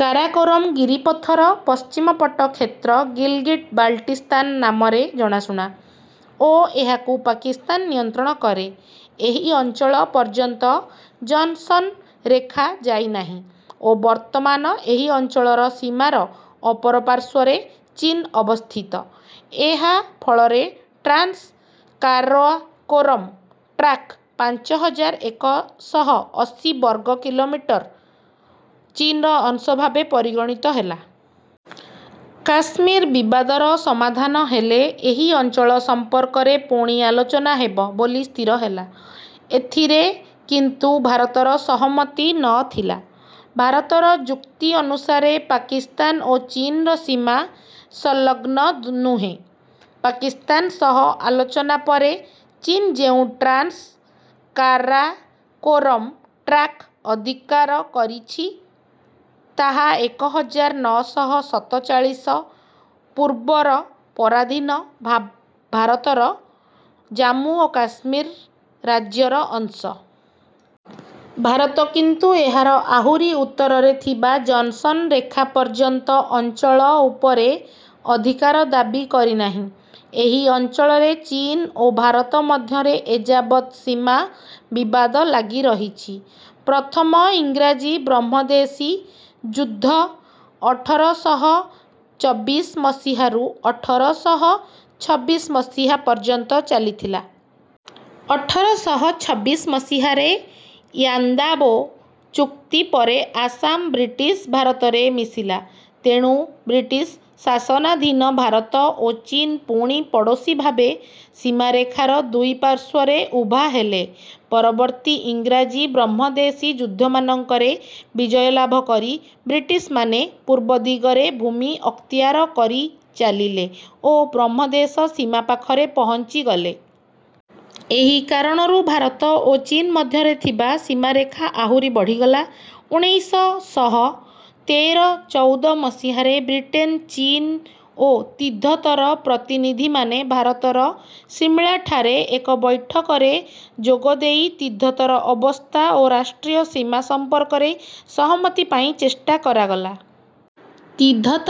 କାରାକୋରମ୍ ଗିରିପଥର ପଶ୍ଚିମ ପଟ କ୍ଷେତ୍ର ଗିଲ୍‌ଗିଟ୍-ବାଲ୍‌ଟିସ୍ତାନ ନାମରେ ଜଣାଶୁଣା ଓ ଏହାକୁ ପାକିସ୍ତାନ ନିୟନ୍ତ୍ରଣ କରେ। ଏହି ଅଞ୍ଚଳ ପର୍ଯ୍ୟନ୍ତ ଜନ୍‌ସନ୍ ରେଖା ଯାଇ ନାହିଁ ଓ ବର୍ତ୍ତମାନ ଏହି ଅଞ୍ଚଳର ସୀମାର ଅପରପାର୍ଶ୍ୱରେ ଚୀନ୍ ଅବସ୍ଥିତ। ଏହା ଫଳରେ ଟ୍ରାନ୍ସ କାରାକୋରମ୍ ଟ୍ରାକ୍ଟ୍ ପାଞ୍ଚ ହଜାର ଏକ ଶହ ଅଶୀ ବର୍ଗ କିଲୋମିଟର ଚୀନ୍‌ର ଅଂଶ ଭାବେ ପରିଗଣିତ ହେଲା। କାଶ୍ମୀର ବିବାଦର ସମାଧାନ ହେଲେ ଏହି ଅଞ୍ଚଳ ସମ୍ପର୍କରେ ପୁଣି ଆଲୋଚନା ହେବ ବୋଲି ସ୍ଥିର ହେଲା। ଏଥିରେ କିନ୍ତୁ ଭାରତର ସହମତି ନ ଥିଲା। ଭାରତର ଯୁକ୍ତି ଅନୁସାରେ ପାକିସ୍ତାନ ଓ ଚୀନ୍‌ର ସୀମା ସଂଲଗ୍ନ ନୁହେଁ। ପାକିସ୍ତାନ ସହ ଆଲୋଚନା ପରେ ଚୀନ୍ ଯେଉଁ ଟ୍ରାନ୍ସ କାରାକୋରମ୍ ଟ୍ରାକ୍ଟ୍ ଅଧିକାର କରିଛି ତାହା ଏକ ହଜାର ନଅ ଶହ ସତଚାଳିଶ ପୂର୍ବର ପରାଧୀନ ଭାରତର ଜାମ୍ମୁ ଓ କାଶ୍ମୀର ରାଜ୍ୟର ଅଂଶ। ଭାରତ କିନ୍ତୁ ଏହାର ଆହୁରି ଉତ୍ତରରେ ଥିବା ଜନ୍‌ସନ୍ ରେଖା ପର୍ଯ୍ୟନ୍ତ ଅଞ୍ଚଳ ଉପରେ ଅଧିକାର ଦାବି କରି ନାହିଁ। ଏହି ଅଞ୍ଚଳରେ ଚୀନ୍ ଓ ଭାରତ ମଧ୍ୟରେ ଏଯାବତ୍ ସୀମା ବିବାଦ ଲାଗି ରହିଛି। ପ୍ରଥମ ଇଂରାଜୀ-ବ୍ରହ୍ମଦେଶୀ ଯୁଦ୍ଧ ଅଠର ଶହ ଚବିଶ ମସିହାରୁ ଅଠର ଶହ ଛବିଶ ମସିହା ପର୍ଯ୍ୟନ୍ତ ଚାଲିଥିଲା। ଅଠର ଶହ ଛବିଶ ମସିହାରେ ୟାନ୍ଦାବୋ ଚୁକ୍ତି ପରେ ଆସାମ ବ୍ରିଟିଶ୍ ଭାରତରେ ମିଶିଲା। ତେଣୁ ବ୍ରିଟିଶ୍ ଶାସନାଧୀନ ଭାରତ ଓ ଚୀନ୍ ପୁଣି ପଡ଼ୋଶୀ ଭାବେ ସୀମାରେଖାର ଦୁଇ ପାର୍ଶ୍ୱରେ ଉଭା ହେଲେ। ପରବର୍ତ୍ତୀ ଇଂରାଜୀ-ବ୍ରହ୍ମଦେଶୀ ଯୁଦ୍ଧମାନଙ୍କରେ ବିଜୟ ଲାଭ କରି ବ୍ରିଟିଶ୍‌ମାନେ ପୂର୍ବ ଦିଗରେ ଭୂମି ଅକ୍ତିଆର କରି ଚାଲିଲେ ଓ ବ୍ରହ୍ମଦେଶ ସୀମା ପାଖରେ ପହଞ୍ଚିଗଲେ। ଏହି କାରଣରୁ ଭାରତ ଓ ଚୀନ୍ ମଧ୍ୟରେ ଥିବା ସୀମାରେଖା ଆହୁରି ବଢ଼ିଗଲା। ଉଣେଇଶ ଶହ ତେର-ଚଉଦ ମସିହାରେ ବ୍ରିଟେନ୍, ଚୀନ୍ ଓ ତିବ୍ଦତର ପ୍ରତିନିଧିମାନେ ଭାରତର ସିମଳାଠାରେ ଏକ ବୈଠକରେ ଯୋଗ ଦେଇ ତିବ୍ଦତର ଅବସ୍ଥା ଓ ରାଷ୍ଟ୍ରୀୟ ସୀମା ସମ୍ପର୍କରେ ସହମତି ପାଇଁ ଚେଷ୍ଟା କରାଗଲା। ତିବ୍ଦତ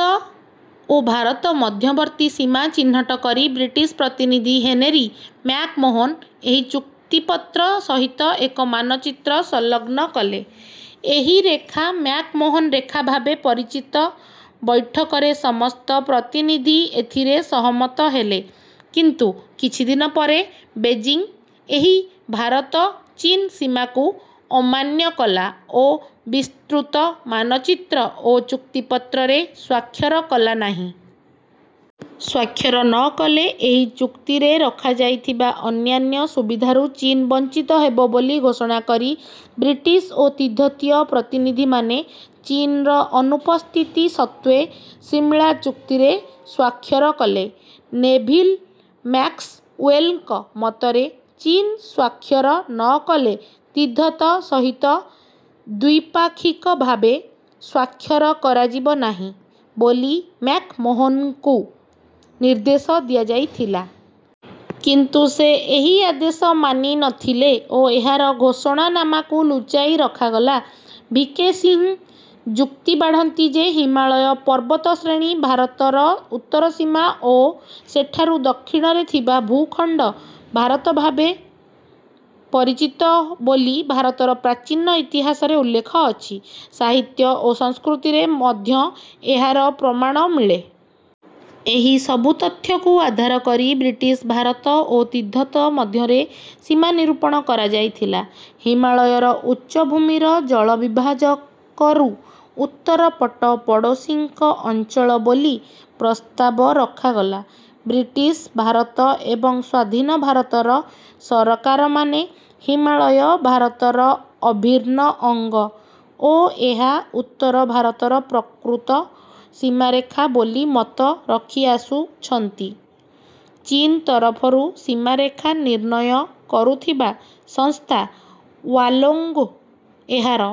ଓ ଭାରତ ମଧ୍ୟବର୍ତ୍ତୀ ସୀମା ଚିହ୍ନଟ କରି ବ୍ରିଟିଶ୍ ପ୍ରତିନିଧି ହେନେରି ମ୍ୟାକ୍-ମୋହନ ଏହି ଚୁକ୍ତିପତ୍ର ସହିତ ଏକ ମାନଚିତ୍ର ସଂଲଗ୍ନ କଲେ। ଏହି ରେଖା ମ୍ୟାକ୍-ମୋହନ ରେଖା ଭାବେ ପରିଚିତ। ବୈଠକରେ ସମସ୍ତ ପ୍ରତିନିଧି ଏଥିରେ ସହମତ ହେଲେ କିନ୍ତୁ କିଛି ଦିନ ପରେ ବେଜିଂ ଏହି ଭାରତ-ଚୀନ୍ ସୀମାକୁ ଅମାନ୍ୟ କଲା ଓ ବିସ୍ତୃତ ମାନଚିତ୍ର ଓ ଚୁକ୍ତିପତ୍ରରେ ସ୍ୱାକ୍ଷର କଲା ନାହିଁ। ସ୍ୱାକ୍ଷର ନ କଲେ ଏହି ଚୁକ୍ତିରେ ରଖାଯାଇଥିବା ଅନ୍ୟାନ୍ୟ ସୁବିଧାରୁ ଚୀନ୍ ବଞ୍ଚିତ ହେବ ବୋଲି ଘୋଷଣା କରି ବ୍ରିଟିଶ୍ ଓ ତିବ୍ଦତୀୟ ପ୍ରତିନିଧିମାନେ ଚୀନ୍‌ର ଅନୁପସ୍ଥିତି ସତ୍ତ୍ୱେ ସିମଳା ଚୁକ୍ତିରେ ସ୍ୱାକ୍ଷର କଲେ। ନେଭିଲ୍ ମ୍ୟାକ୍ସୱେଲ୍‌ଙ୍କ ମତରେ ଚୀନ୍ ସ୍ୱାକ୍ଷର ନ କଲେ ତିବ୍ଦତ ସହିତ ଦ୍ୱିପାକ୍ଷିକ ଭାବେ ସ୍ୱାକ୍ଷର କରାଯିବ ନାହିଁ ବୋଲି ମ୍ୟାକ୍-ମୋହନଙ୍କୁ ନିର୍ଦ୍ଦେଶ ଦିଆଯାଇଥିଲା। କିନ୍ତୁ ସେ ଏହି ଆଦେଶ ମାନି ନ ଥିଲେ ଓ ଏହାର ଘୋଷଣାନାମାକୁ ଲୁଚାଇ ରଖାଗଲା। ଭି. କେ. ସିଂହ ଯୁକ୍ତି ବାଢ଼ନ୍ତି ଯେ ହିମାଳୟ ପର୍ବତଶ୍ରେଣୀ ଭାରତର ଉତ୍ତର ସୀମା ଓ ସେଠାରୁ ଦକ୍ଷିଣରେ ଥିବା ଭୂଖଣ୍ଡ ଭାରତ ଭାବେ ପରିଚିତ ବୋଲି ଭାରତର ପ୍ରାଚୀନ ଇତିହାସରେ ଉଲ୍ଲେଖ ଅଛି, ସାହିତ୍ୟ ଓ ସଂସ୍କୃତିରେ ମଧ୍ୟ ଏହାର ପ୍ରମାଣ ମିଳେ। ଏହି ସବୁ ତଥ୍ୟକୁ ଆଧାର କରି ବ୍ରିଟିଶ୍ ଭାରତ ଓ ତିବ୍ଦତ ମଧ୍ୟରେ ସୀମା ନିରୂପଣ କରାଯାଇଥିଲା। ହିମାଳୟର ଉଚ୍ଚଭୂମିର ଜଳବିଭାଜକରୁ ଉତ୍ତର ପଟ ପଡ଼ୋଶୀଙ୍କ ଅଞ୍ଚଳ ବୋଲି ପ୍ରସ୍ତାବ ରଖାଗଲା। ବ୍ରିଟିଶ୍ ଭାରତ ଏବଂ ସ୍ୱାଧୀନ ଭାରତର ସରକାରମାନେ ହିମାଳୟ ଭାରତର ଅଭିନ୍ନ ଅଙ୍ଗ ଓ ଏହା ଉତ୍ତର ଭାରତର ପ୍ରକୃତ ସୀମାରେଖା ବୋଲି ମତ ରଖିଆସୁଛନ୍ତି। ଚୀନ୍ ତରଫରୁ ସୀମାରେଖା ନିର୍ଣ୍ଣୟ କରୁଥିବା ସଂସ୍ଥା ୱାଲୋଙ୍ଗ୍ ଏହାର